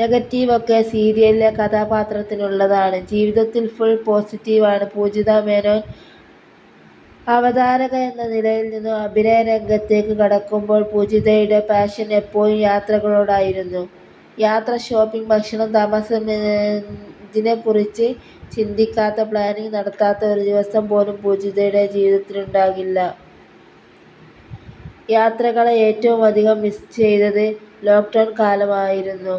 നെഗറ്റീവൊക്കെ സീരിയലിലെ കഥാപാത്രത്തിനുള്ളതാണ്. ജീവിതത്തിൽ ഫുൾ പോസിറ്റീവാണ് പൂജിത മേനോൻ. അവതാരക എന്ന നിലയിൽനിന്ന് അഭിനയരംഗത്തേക്കു കടക്കുമ്പോഴും പൂജിതയുടെ പാഷൻ എപ്പോഴും യാത്രകളോടായിരുന്നു. യാത്ര, ഷോപ്പിങ്, ഭക്ഷണം, തമാശ ഇതിനെക്കുറിച്ച് ചിന്തിക്കാത്ത, പ്ലാനിങ് നടത്താത്ത ഒരു ദിവസം പോലും പൂജിതയുടെ ജീവിതത്തിലുണ്ടാകില്ല. യാത്രകളെ ഏറ്റവുമധികം മിസ്സ് ചെയ്തത് ലോക്ഡൗൺ കാലത്തായിരുന്നു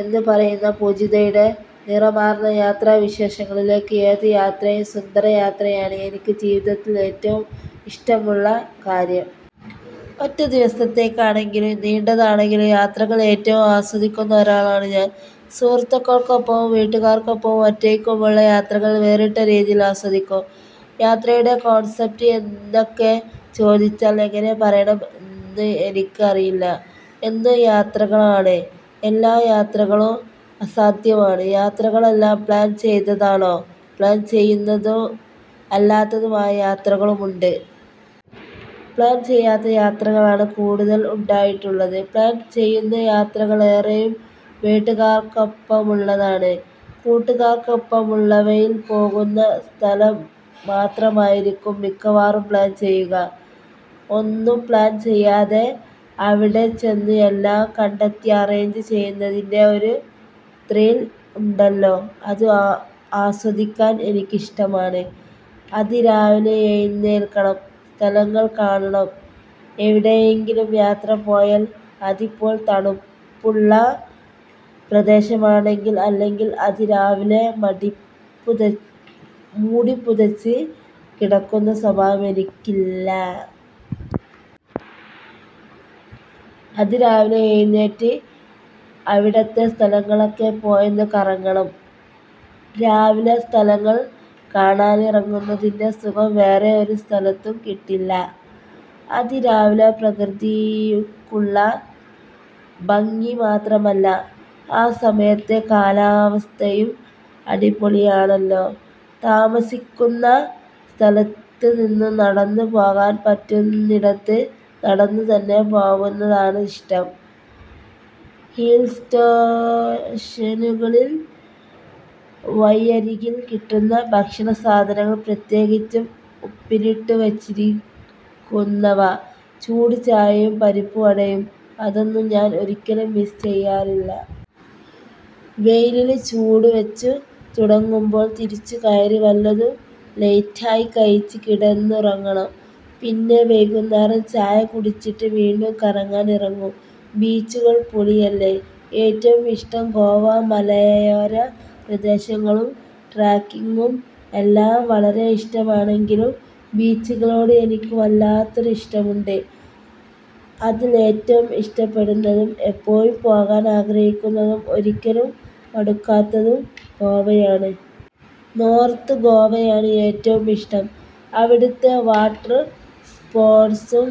എന്നുപറയുന്ന പൂജിതയുടെ, നിറമാർന്ന യാത്രാവിശേഷങ്ങളിലേക്ക് ഏതു യാത്രയും സുന്ദരം യാത്രയാണ് എനിക്ക് ജീവിതത്തിൽ ഏറ്റവും ഇഷ്ടമുള്ള കാര്യം. ഒറ്റ ദിവസത്തേക്കാണെങ്കിലും നീണ്ടതാണെങ്കിലും യാത്രകൾ ഏറ്റവും ആസ്വദിക്കുന്ന ഒരാളാണ് ഞാൻ. സുഹൃത്തുക്കൾക്കൊപ്പവും വീട്ടുകാർക്കൊപ്പവും ഒറ്റയ്ക്കുമുള്ള യാത്രകൾ വേറിട്ട രീതിയിൽ ആസ്വദിക്കും. യാത്രയുടെ കോൺസപ്റ്റ് എന്നൊക്കെ ചോദിച്ചാൽ എങ്ങനെ പറയണമെന്ന് എനിക്ക് അറിയില്ല. എന്നും യാത്രകളാണ്, എല്ലാ യാത്രകളും ആസ്വാദ്യമാണ്. യാത്രകളെല്ലാം പ്ലാൻ ചെയ്താണോ? പ്ലാൻ ചെയ്യുന്നതും അല്ലാത്തതുമായ യാത്രകളുണ്ട്. പ്ലാൻ ചെയ്യാത്ത യാത്രകളാണ് കൂടുതലും ഉണ്ടായിട്ടുള്ളത്. പ്ലാൻ ചെയ്യുന്ന യാത്രകളേറെയും വീട്ടുകാർക്കൊപ്പമുള്ളതാണ്. കൂട്ടുകാർക്കൊപ്പമുള്ളവയിൽ പോകുന്ന സ്ഥലം മാത്രമായിരിക്കും മിക്കവാറും പ്ലാൻ ചെയ്യുക. ഒന്നും പ്ലാൻ ചെയ്യാതെ അവിടെച്ചെന്ന് എല്ലാം കണ്ടെത്തി അറേഞ്ച് ചെയ്യുന്നതിന്റെ ഒരു ത്രിൽ ഉണ്ടല്ലോ അത് ആസ്വദിക്കാൻ എനിക്കിഷ്ടമാണ്. അതിരാവിലെ എഴുന്നേൽക്കണം, സ്ഥലങ്ങൾ കാണണം എവിടെയെങ്കിലും യാത്ര പോയാൽ, അതിപ്പോൾ തണുപ്പുള്ള പ്രദേശമാണെങ്കിൽ അല്ലെങ്കിൽ അതിരാവിലെ മടിപ്പുത മൂടിപ്പുതച്ച് കിടക്കുന്ന സ്വഭാവം എനിക്കില്ല. അതിരാവിലെ എഴുന്നേറ്റ് അവിടുത്തെ സ്ഥലങ്ങളിലൊക്കെ പോയൊന്ന് കറങ്ങണം. രാവിലെ സ്ഥലങ്ങൾ കാണാനിറങ്ങുന്നതിന്റെ സുഖം വേറേ ഒരു സമയത്തും കിട്ടില്ല. അതിരാവിലെ പ്രകൃതിക്കുള്ള ഭംഗി മാത്രമല്ല, ആ സമയത്തെ കാലാവസ്ഥയും അടിപൊളിയാണല്ലോ. താമസിക്കുന്ന സ്ഥലത്തുനിന്ന് നടന്നു പോകാൻ പറ്റുന്നിടത്ത് നടന്നു തന്നെ പോകുന്നതാണ് ഇഷ്ടം. ഹിൽ സ്റ്റേഷനുകളിൽ വഴിയരികിൽ കിട്ടുന്ന ഭക്ഷണസാധനങ്ങൾ, പ്രത്യേകിച്ച് ഉപ്പിലിട്ടു വച്ചിരിക്കുന്നവ, ചൂട് ചായയും പരിപ്പുവടയും അതൊന്നും ഞാൻ ഒരിക്കലും മിസ് ചെയ്യാറില്ല. വെയിലിന് ചൂട് വച്ചു തുടങ്ങുമ്പോൾ തിരിച്ചു കയറി വല്ലതും ലൈറ്റായി കഴിച്ച് കിടന്നുറങ്ങണം. പിന്നെ വൈകുന്നേരം ചായ കുടിച്ചിട്ട് വീണ്ടും കറങ്ങാൻ ഇറങ്ങും. ബീച്ചുകൾ പൊളിയല്ലേ! ഏറ്റവും ഇഷ്ടം ഗോവ മലയോര പ്രദേശങ്ങളും ട്രെക്കിങ്ങും എല്ലാം വളരെയിഷ്ടമാണെങ്കിലും ബീച്ചുകളോട് എനിക്ക് വല്ലാത്തൊരു ഇഷ്ടമുണ്ട്. അതിൽ ഏറ്റവും ഇഷ്ടപ്പെടുന്നതും എപ്പോഴും പോകാൻ ആഗ്രഹിക്കുന്നതും ഒരിക്കലും മടുക്കാത്തതും ഗോവയാണ്. നോർത്ത് ഗോവയാണ് ഏറ്റവും ഇഷ്ടം. അവിടുത്തെ വാട്ടർ സ്പോട്സും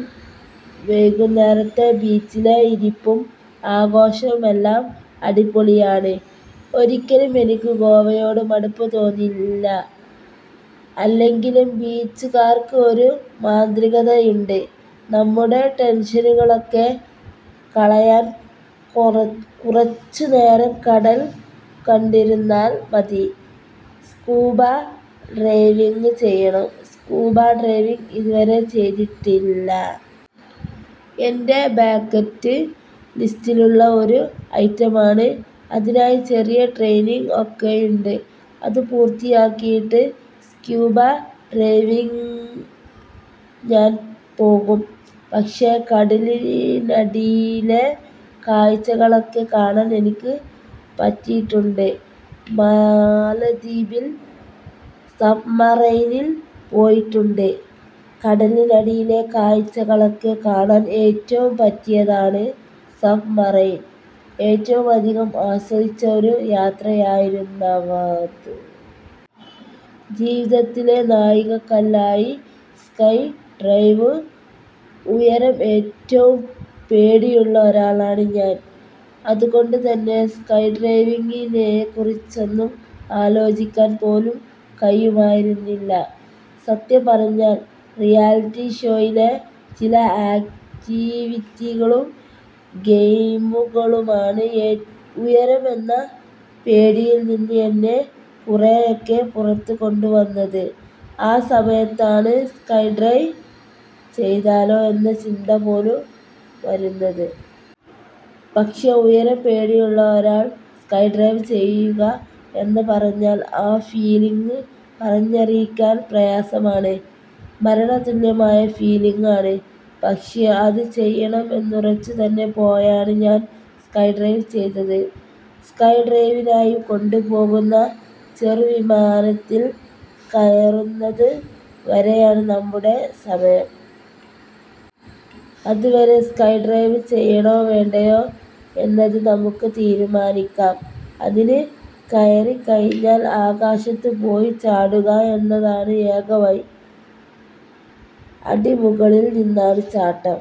വൈകുന്നേരത്തെ ബീച്ചിലെ ഇരിപ്പും ആഘോഷവുമെല്ലാം അടിപൊളിയാണ്. ഒരിക്കലും എനിക്ക് ഗോവയോടു മടുപ്പ് തോന്നില്ല. അല്ലെങ്കിലും ബീച്ചുകൾക്ക് ഒരു മാന്ത്രികതയുണ്ട്. നമ്മുടെ ടെൻഷനുകളൊക്കെ കളയാൻ കുറച്ചു നേരം കടൽ കണ്ടിരുന്നാൽ മതി. സ്കൂബ ഡൈവിങ് ചെയ്യണം സ്കൂബ ഡൈവിങ് ഇതുവരെ ചെയ്തിട്ടില്ല. എന്റെ ബാക്കറ്റ് ലിസ്റ്റിലുള്ള ഒരു ഐറ്റമാണ്. അതിനായി ചെറിയ ട്രെയ്നിങ് ഒക്കെയുണ്ട്. അതു പൂർത്തിയാക്കിയിട്ട് സ്കൂബ ഡൈവിങ്ങിനു ഞാൻ പോകും. പക്ഷേ കടലിനടിയിലെ കാഴ്ചകളൊക്കെ കാണാൻ എനിക്ക് പറ്റിയിട്ടുണ്ട്. മാലദ്വീപിൽ സബ്മറൈനിൽ പോയിട്ടുണ്ട്. കടലിനടിയിലെ കാഴ്ചകളൊക്കെ കാണാൻ ഏറ്റവും പറ്റിയതാണ് സബ്മറൈൻ. ഏറ്റവുമധികം ആസ്വദിച്ച ഒരു യാത്രയായിരുന്നുവത്. ജീവിതത്തിലെ നാഴികക്കല്ലായി സ്കൈ ഡൈവ് ഉയരം ഏറ്റവും പേടിയുള്ള ഒരാളാണ് ഞാൻ അതുകൊണ്ടുതന്നെ സ്കൈ ഡൈവിങ്ങിനെക്കുറിച്ചൊന്നും ആലോചിക്കാൻ പോലും കഴിയുമായിരുന്നില്ല. സത്യം പറഞ്ഞാൽ റിയാലിറ്റി ഷോയിലെ ചില ആക്ടിവിറ്റികളും ഗെയിമുകളുമാണ് ഉയരം എന്ന പേടിയിൽനിന്ന് എന്നെ കുറേയൊക്കെ പുറത്തു കൊണ്ടുവന്നത്. ആ സമയത്താണ് സ്കൈ ഡൈ ചെയ്താലോ എന്ന ചിന്ത പോലും വരുന്നത്. പക്ഷേ ഉയരം പേടിയുള്ള ഒരാൾ സ്കൈ ഡൈവ് ചെയ്യുക എന്ന പറഞ്ഞാൽ ആ ഫീലിങ് പറഞ്ഞറിയിക്കാൻ പ്രയാസമാണ്. മരണതുല്യമായ ഫീലീങ് ആണ്. പക്ഷേ അത് ചെയ്യണമെന്നുറച്ചു തന്നെ പോയാണ് ഞാൻ സ്കൈ ഡൈവ് ചെയ്തത്. സ്കൈ ഡൈവിനായി കൊണ്ടു പോകുന്ന ചെറുവിമാനത്തിൽ കയറുന്നതു വരെയാണ് നമ്മുടെ സമയം. അതുവരെ സ്കൈ ഡൈവ് ചെയ്യണോ വേണ്ടയോ എന്നത് നമുക്കു തീരുമാനിക്കാം. അതിൽ കയറിക്കഴിഞ്ഞാൽ ആകാശത്തു പോയി ചാടുക എന്നതാണ് ഏക വഴി. അടി മുകളിൽ നിന്നാണ് ചാട്ടം.